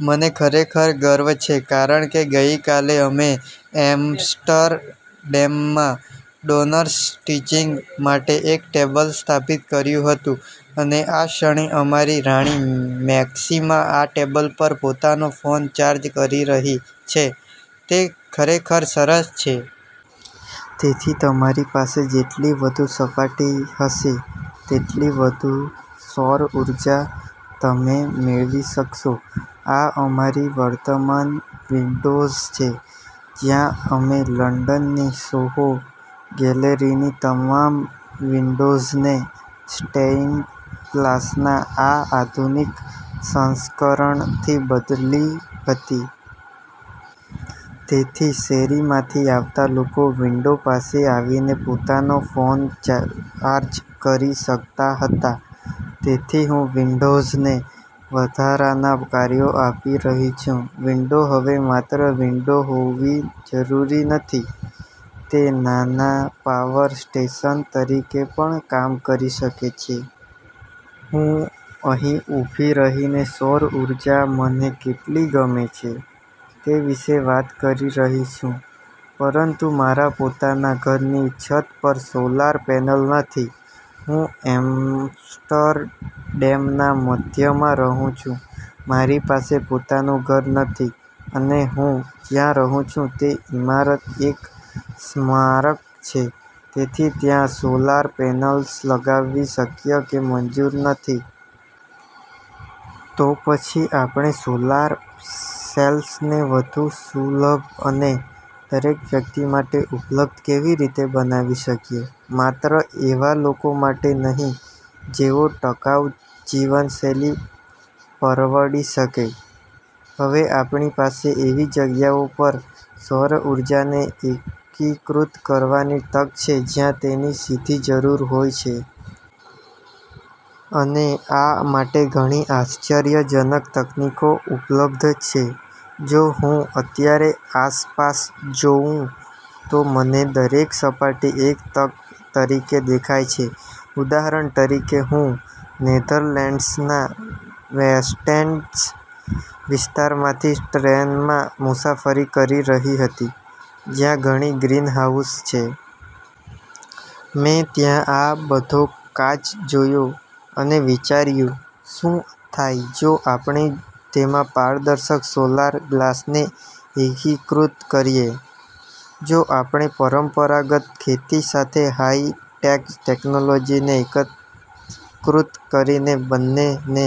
મને ખરેખર ગર્વ છે, કારણ કે ગઈકાલે અમે એમ્સ્ટરડેમમાં ડોનર્સ સ્ટિચિંગ માટે એક ટેબલ સ્થાપિત કર્યું હતું અને આ ક્ષણે અમારી રાણી મેક્સિમા આ ટેબલ પર પોતાનો ફોન ચાર્જ કરી રહી છે. તે ખરેખર સરસ છે. તેથી, તમારી પાસે જેટલી વધુ સપાટી હશે, તેટલી વધુ સૌર ઊર્જા તમે મેળવી શકશો. આ અમારી વર્તમાન વિંડોઝ છે, જ્યાં અમે લંડનની સોહો ગેલેરીની તમામ વિંડોઝને સ્ટેઇન્ડ ગ્લાસના આ આધુનિક સંસ્કરણથી બદલી હતી. તેથી શેરીમાંથી આવતા લોકો વિંડો પાસે આવીને પોતાનો ફોન ચાર્જ કરી શકતા હતા. તેથી હું વિંડોઝને વધારાનાં કાર્યો આપી રહી છું. વિંડો હવે માત્ર વિંડો હોવી જરૂરી નથી. તે નાના પાવર સ્ટેશન તરીકે પણ કામ કરી શકે છે. હું અહીં ઊભી રહીને સૌર ઊર્જા મને કેટલી ગમે છે તે વિશે વાત કરી રહી છું, પરંતુ મારા પોતાના ઘરની છત પર સોલાર પેનલ્સ નથી. હું એમ્સ્ટરડેમના મધ્યમાં રહું છું, મારી પાસે પોતાનું ઘર નથી અને હું જ્યાં રહું છું તે ઇમારત એક સ્મારક છે, તેથી ત્યાં સોલાર પેનલ્સ લગાવવી શક્ય કે મંજૂર નથી. તો પછી આપણે સોલાર સેલ્સને વધુ સુલભ અને દરેક વ્યક્તિ માટે ઉપલબ્ધ કેવી રીતે બનાવી શકીએ, માત્ર એવા લોકો માટે નહીં જેઓ ટકાઉ જીવનશૈલી પરવડી શકે? હવે આપણી પાસે એવી જગ્યાઓ પર સૌર ઊર્જાને એકીકૃત કરવાની તક છે, જ્યાં તેની સીધી જરૂર હોય છે. અને આ માટે ઘણી આશ્ચર્યજનક તકનીકો ઉપલબ્ધ છે. જો હું અત્યારે આસપાસ જોઉં, તો મને દરેક સપાટી એક તક તરીકે દેખાય છે. ઉદાહરણ તરીકે, હું નેધરલેન્ડ્સના વેસ્ટલેન્ડ વિસ્તારમાંથી ટ્રેનમાં મુસાફરી કરી રહી હતી, જ્યાં ઘણાં ગ્રીનહાઉસ છે. મેં ત્યાં આ બધો કાચ જોયો અને વિચાર્યું: શું થાય જો આપણે તેમાં પારદર્શક સોલાર ગ્લાસને એકીકૃત કરીએ? જો આપણે પરંપરાગત ખેતી સાથે હાઇ-ટેક ટેક્નોલોજીને એકીકૃત કરીને બંનેને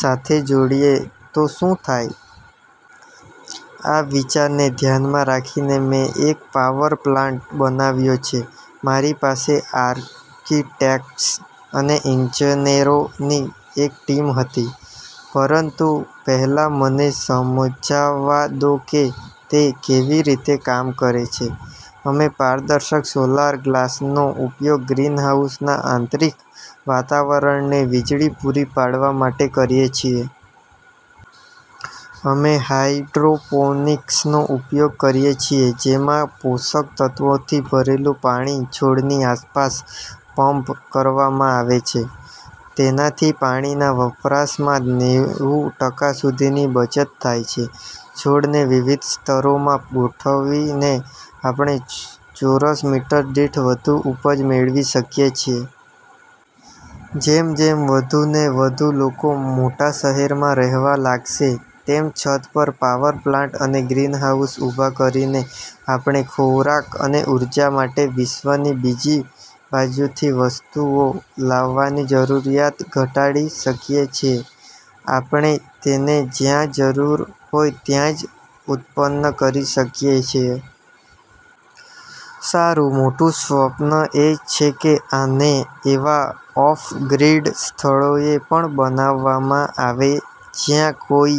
સાથે જોડીએ તો શું થાય? આ વિચારને ધ્યાનમાં રાખીને, મેં એક પાવર પ્લાન્ટ બનાવ્યો છે. મારી પાસે આર્કિટેક્ટ્સ અને ઇજનેરોની એક ટીમ હતી. પરંતુ પહેલા મને સમજાવવા દો કે તે કેવી રીતે કામ કરે છે. અમે પારદર્શક સોલાર ગ્લાસનો ઉપયોગ ગ્રીનહાઉસના આંતરિક વાતાવરણને વીજળી પૂરી પાડવા માટે કરીએ છીએ. અમે હાઇડ્રોપોનિક્સનો ઉપયોગ કરીએ છીએ, જેમાં પોષક તત્ત્વોથી ભરેલું પાણી છોડની આસપાસ પંપ કરવામાં આવે છે. તેનાથી પાણીના વપરાશમાં નેવું ટકા સુધીની બચત થાય છે. છોડને વિવિધ સ્તરોમાં ગોઠવીને, આપણે ચોરસ મીટર દીઠ વધુ ઉપજ મેળવી શકીએ છીએ. જેમ જેમ વધુને વધુ લોકો મોટા શહેરોમાં રહેવા લાગશે, તેમ છત પર પાવર પ્લાન્ટ અને ગ્રીનહાઉસ ઊભાં કરીને આપણે ખોરાક અને ઊર્જા માટે વિશ્વની બીજી બાજુથી વસ્તુઓ લાવવાની જરૂરિયાત ઘટાડી શકીએ છીએ. આપણે તેને જ્યાં જરૂર હોય ત્યાં જ ઉત્પન્ન કરી શકીએ છીએ. સારું, મોટું સ્વપ્ન એ છે કે આને એવા ઑફ-ગ્રીડ સ્થળોએ પણ બનાવવામાં આવે, જ્યાં કોઈ...